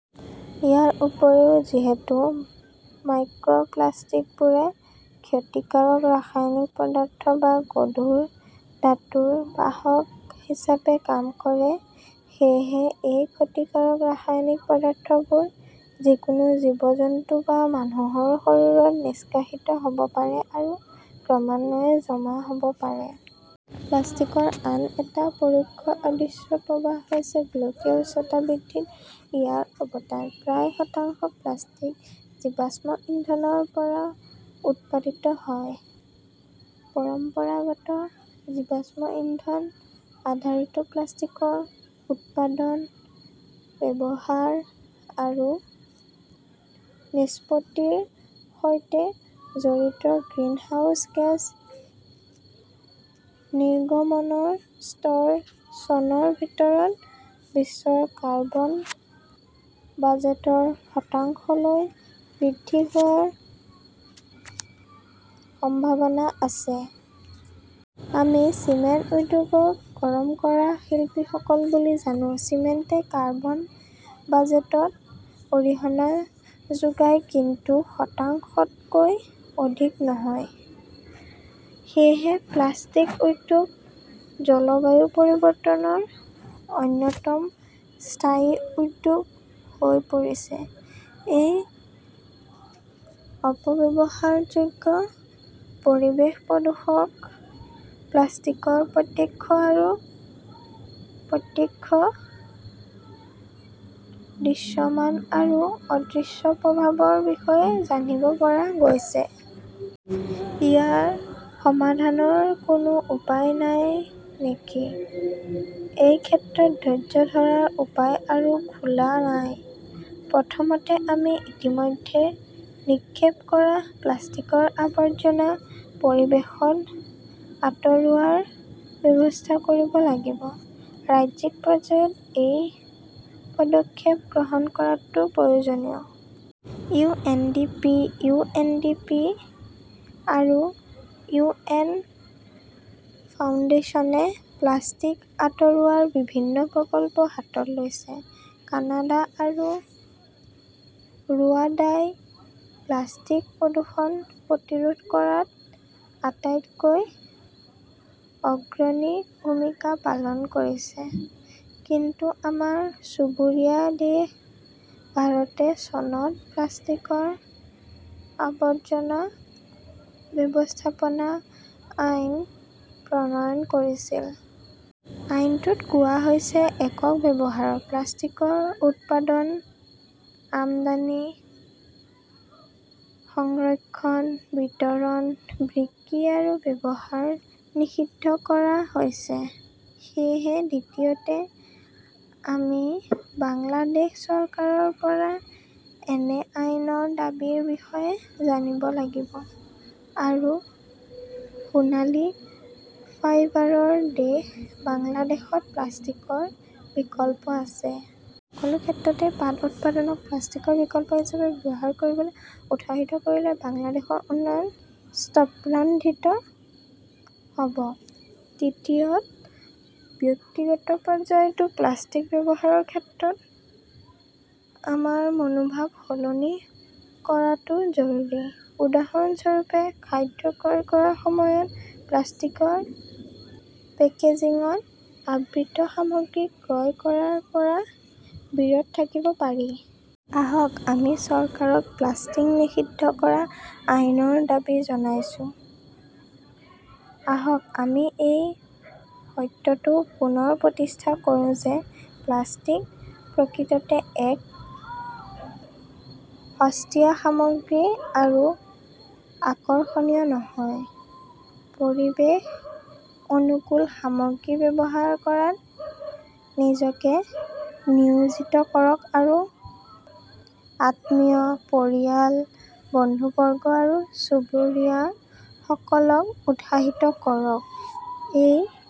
ইয়াৰ উপৰিও যিহেতু মাইক্ৰ প্লাষ্টিকবোৰে ক্ষতিকাৰক ৰাসায়নিক পদাৰ্থ বা গধুৰ ধাতুৰ বাহক হিচাপে কাম কৰে। সেয়েহে এই ক্ষতিকাৰক ৰাসায়নিক পদাৰ্থবোৰ যিকোনো জীৱ-জন্তু বা মানুহৰ শৰীৰত নিষ্কাশিত হ'ব পাৰে আৰু ক্ৰমান্বয়ে জমা হ'ব পাৰে। প্লাষ্টিকৰ আন এটা পৰোক্ষ অদৃশ্য প্ৰভাৱ হৈছে গোলকীয় উষ্ণতা বৃদ্ধিত ইয়াৰ অৱদান। প্ৰায় শতাংশ প্লাষ্টিক জীৱাশ্ম ইন্ধনৰ পৰা উৎপাদিত হয়। পৰম্পৰাগত জীৱাশ্ম ইন্ধন-আধাৰিত প্লাষ্টিকৰ উৎপাদন ব্যৱহাৰ আৰু নিষ্পত্তিৰ সৈতে জড়িত গ্ৰিনহাউজ গেছ নিৰ্গমনৰ স্তৰ চনৰ ভিতৰত বিশ্বৰ কাৰ্বন বাজেটৰ শতাংশলৈ বৃদ্ধি হোৱাৰ সম্ভাৱনা আছে। আমি চিমেণ্ট উদ্যোগক গৰম কৰা শিল্পীসকল বুলি জানো। চিমেণ্টে কাৰ্বন বাজেটত অৰিহণা যোগায় কিন্তু শতাংশতকৈ অধিক নহয়। সেয়েহে প্লাষ্টিক উদ্যোগ জলবায়ু পৰিৱৰ্তনৰ অন্যতম স্থায়ী উদ্যোগ হৈ পৰিছে। এই অপব্যৱহাৰযোগ্য পৰিৱেশ প্ৰদূষক প্লাষ্টিকৰ প্ৰত্যক্ষ আৰু প্ৰত্যক্ষ, দৃশ্যমান আৰু অদৃশ্য প্ৰভাৱৰ বিষয়ে জানিব পৰা গৈছে। ইয়াৰ সমাধানৰ কোনো উপায় নাই নেকি এই ক্ষেত্ৰত ধৈৰ্য্য ধৰাৰ উপায় আৰু খোলা নাই। প্ৰথমতে আমি ইতিমধ্যে নিক্ষেপ কৰা প্লাষ্টিকৰ আৱৰ্জনা পৰিৱেশত আঁতৰোৱাৰ ব্যৱস্থা কৰিব লাগিব। ৰাজ্যিক পৰ্যায়ত এই পদক্ষেপ গ্ৰহণ কৰাটো প্ৰয়োজনীয়। U. N. D. P., U. N. E. P. আৰু ইউ. এন. ফাউণ্ডেশ্যনে প্লাষ্টিক আঁতৰোৱাৰ বিভিন্ন প্ৰকল্প হাতত লৈছে। কানাডা আৰু ৰুৱাডাই প্লাষ্টিক প্ৰদূষণ প্ৰতিৰোধ কৰাত আটাইতকৈ অগ্ৰণী ভূমিকা পালন কৰিছে। কিন্তু আমাৰ চুবুৰীয়া দেশ ভাৰতে চনত প্লাষ্টিকৰ আৱৰ্জনা ব্যৱস্থাপনা আইন প্ৰণয়ন কৰিছিল। আইনটোত কোৱা হৈছে একক ব্যৱহাৰৰ প্লাষ্টিকৰ উৎপাদন, আমদানি, সংৰক্ষণ, বিতৰণ, বিক্ৰী আৰু ব্যৱহাৰ নিষিদ্ধ কৰা হৈছে। সেয়েহে দ্বিতীয়তে আমি বাংলাদেশ চৰকাৰৰ পৰা এনে আইনৰ দাবীৰ বিষয়ে জানিব লাগিব। আৰু সোণালী ফাইবাৰৰ দেশ বাংলাদেশত প্লাষ্টিকৰ বিকল্প আছে। সকলো ক্ষেত্ৰতে পাট উৎপাদনক প্লাষ্টিকৰ বিকল্প হিচাপে ব্যৱহাৰ কৰিবলৈ উৎসাহিত কৰিলে বাংলাদেশৰ উন্নয়ন স্তপনান্ধিত হ’ব। তৃতীয়ত ব্যক্তিগত পৰ্যায়তো প্লাষ্টিক ব্যৱহাৰৰ ক্ষেত্ৰত আমাৰ মনোভাৱ সলনি কৰাটো জৰুৰী। উদাহৰণস্বৰূপে খাদ্য ক্ৰয় কৰাৰ সময়ত প্লাষ্টিকৰ পেকেজিঙত আবৃত সামগ্ৰী ক্ৰয় কৰাৰ পৰা বিৰত থাকিব পাৰি। আহক আমি চৰকাৰক প্লাষ্টিক নিষিদ্ধ কৰা আইনৰ দাবী জনাইছো। আহক আমি এই সত্যটো পুনৰ প্ৰতিষ্ঠা কৰো যে প্লাষ্টিক প্ৰকৃততে এক সস্তীয়া সামগ্ৰী আৰু আকৰ্ষণীয় নহয়। পৰিৱেশ অনুকূল সামগ্ৰী ব্যৱহাৰ কৰাত নিজকে নিয়োজিত কৰক আৰু আত্মীয়, পৰিয়াল, বন্ধুবৰ্গ আৰু চুবুৰীয়াসকলক উৎসাহিত কৰক। এই---